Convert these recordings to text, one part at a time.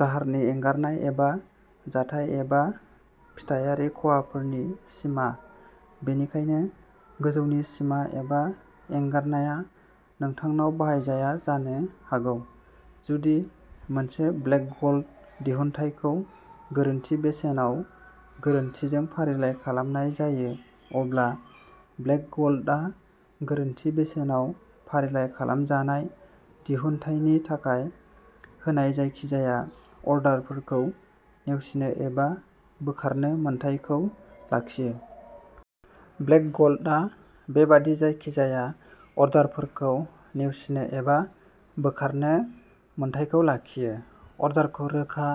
दाहारनि एंगारनाय एबा जाथाय एबा फिथायारि खहाफोरनि सिमा बेनिखायनो गोजौनि सिमा एबा एंगारनाया नोंथांनाव बाहायजाया जानो हागौ जुदि मोनसे ब्लेक गल्ड दिहुनथायखौ गोरोन्थि बेसेनाव गोरोन्थिजों फारिलाइ खालामनाय जायो अब्ला ब्लेक गल्डआ गोरोन्थि बेसेनाव फारिलाइ खालामजानाय दिहुनथायनि थाखाय होनाय जायखिजाया अर्डारफोरखौ नेवसिनो एबा बोखारनो मोन्थाइखौ लाखियो। ब्लेक गल्डआ बेबादि जायखिजाया अर्डारफोरखौ नेवसिनो एबा बोखारनो मोन्थाइखौ लाखियो अर्डारखौ रोखा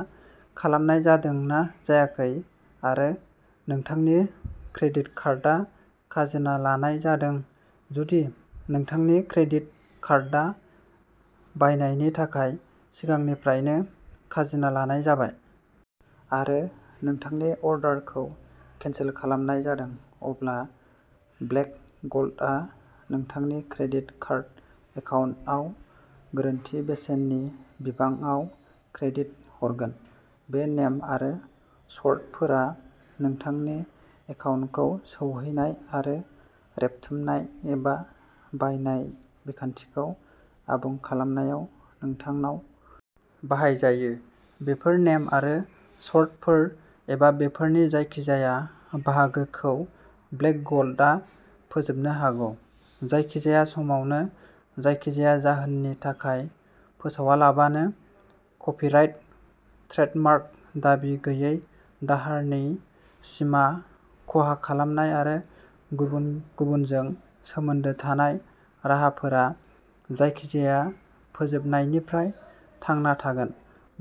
खालामनाय जादों ना जायाखै आरो नोंथांनि क्रेडिट कार्डआ खाजोना लानाय जादों जुदि नोंथांनि क्रेडिट कार्डआ बायनायनि थाखाय सिगांनिफ्रायनो खाजोना लानाय जाबाय आरो नोंथांनि अर्डारखौ केनसेल खालामनाय जादों अब्ला ब्लेक गल्डआ नोंथांनि क्रेडिट कार्ड एकाउन्टआव गोरोन्थि बेसेननि बिबांआव क्रेडिट हरगोन बे नेम आरो सर्तफोरा नोंथांनि साइटखौ सौहैनाय आरो रेबथुमनाय एबा बायनाय बिखान्थिखौ आबुं खालामनायाव नोंथांनाव बाहायजायो बेफोर नेम आरो सर्तफोर एबा बेफोरनि जायखिजाया बाहागोखौ ब्लेक गल्डआ फोजोबनो हागौ जायखिजाया समावनो जायखिजाया जाहोननि थाखाय फोसावालाबानो कपिराइट ट्रेडमार्क दाबि गैयै दाहारनि सिमा खहा खालामनाय आरो गुबुन गुबुनजों सोमोन्दो थानाय राहाफोरा जायखिजाया फोजोबनायनिफ्राय थांना थागोन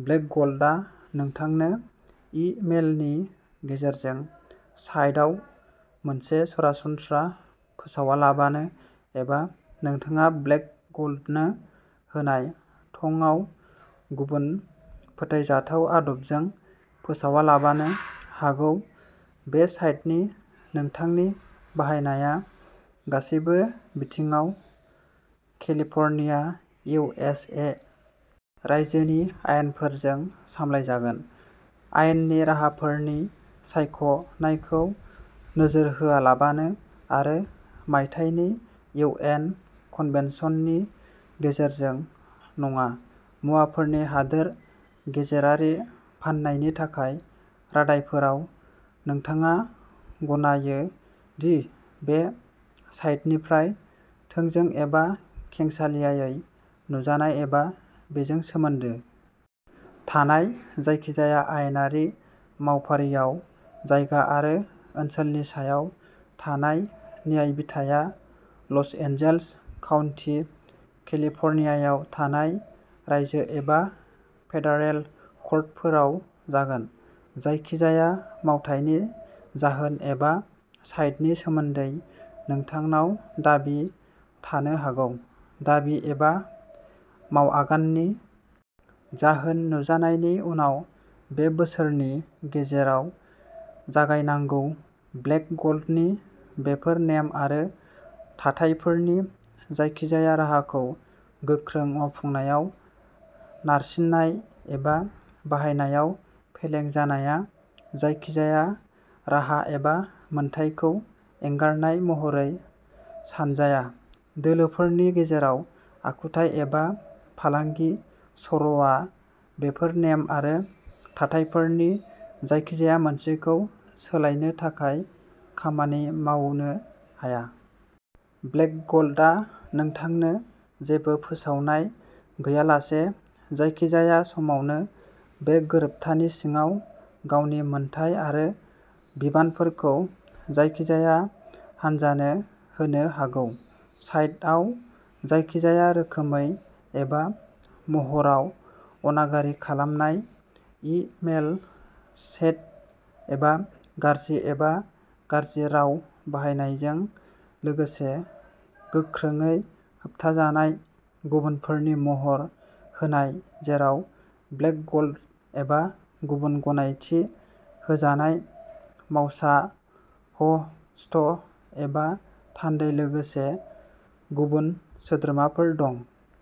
ब्लेक गल्डआ नोंथांनो इ मेलनि गेजेरजों साइटआव मोनसे सरासनस्रा फोसावालाबानो एबा नोंथाङा ब्लेक गल्डनो होनाय थंआव गुबुन फोथायजाथाव आदबजों फोसावालाबानो हागौ बे साइटनि नोंथांनि बाहायनाया गासैबो बिथिङाव केलिफर्निया इउ एस ए. रायजोनि आयेनफोरजों सामलायजागोन आयेननि राहाफोरनि सायख'नायखौ नोजोर होआलाबानो आरो मायथाइनि इउ एन कनभेनसननि गेजेरजों नङा मुवाफोरनि हादोर गेजेरारि फाननायनि थाखाय रादायफोराव नोंथाङा गनायो दि बे साइटनिफ्राय थोंजों एबा खेंसालियायै नुजानाय एबा बेजों सोमोन्दो थानाय जायखिजाया आयेनारि मावफारिआव जायगा आरो ओनसोलनि सायाव थानाय न्यायबिथाया लस एन्जेल्स काउन्टि केलिफर्नियायाव थानाय रायजो एबा फेडारेल कर्टफोराव जागोन जायखिजाया मावथायनि जाहोन एबा साइटनि सोमोन्दै नोंथांनाव दाबि थानो हागौ दाबि एबा मावआगाननि जाहोन नुजानायनि उनाव से बोसोरनि गेजेराव जागायनांगौ ब्लेक गल्डनि बेफोर नेम आरो थाथायफोरनि जायखिजाया राहाखौ गोख्रों मावफुंनायाव नारसिननाय एबा बाहायनायाव फेलें जानाया जायखिजाया राहा एबा मोनथायखौ एंगारनाय महरै सानजाया दोलोफोरनि गेजेराव आखुथाय एबा फालांगि सर'आ बेफोर नेम आरो थाथायफोरनि जायखिजाया मोनसेखौ सोलायनो थाखाय खामानि मावनो हाया। ब्लेक गल्डआ नोंथांनो जेबो फोसावनाय गैयालासे जायखिजाया समावनो बे गोरोबथानि सिङाव गावनि मोनथाय आरो बिबानफोरखौ जायखिजाया हान्जानो होनो हागौ। साइटआव जायखिजाया रोखोमै एबा महराव अनागारि खालामनाय इ मेल चैट एबा गाज्रि एबा गाज्रि राव बाहायनायजों लोगोसे गोख्रोङै होबथाजानाय गुबुनफोरनि महर होनाय जेराव ब्लेक गल्ड एबा गुबुन गनायथि होजानाय मावसा ह'स्ट एबा थान्दै लोगोसे गुबुन सोद्रोमाफोर दं।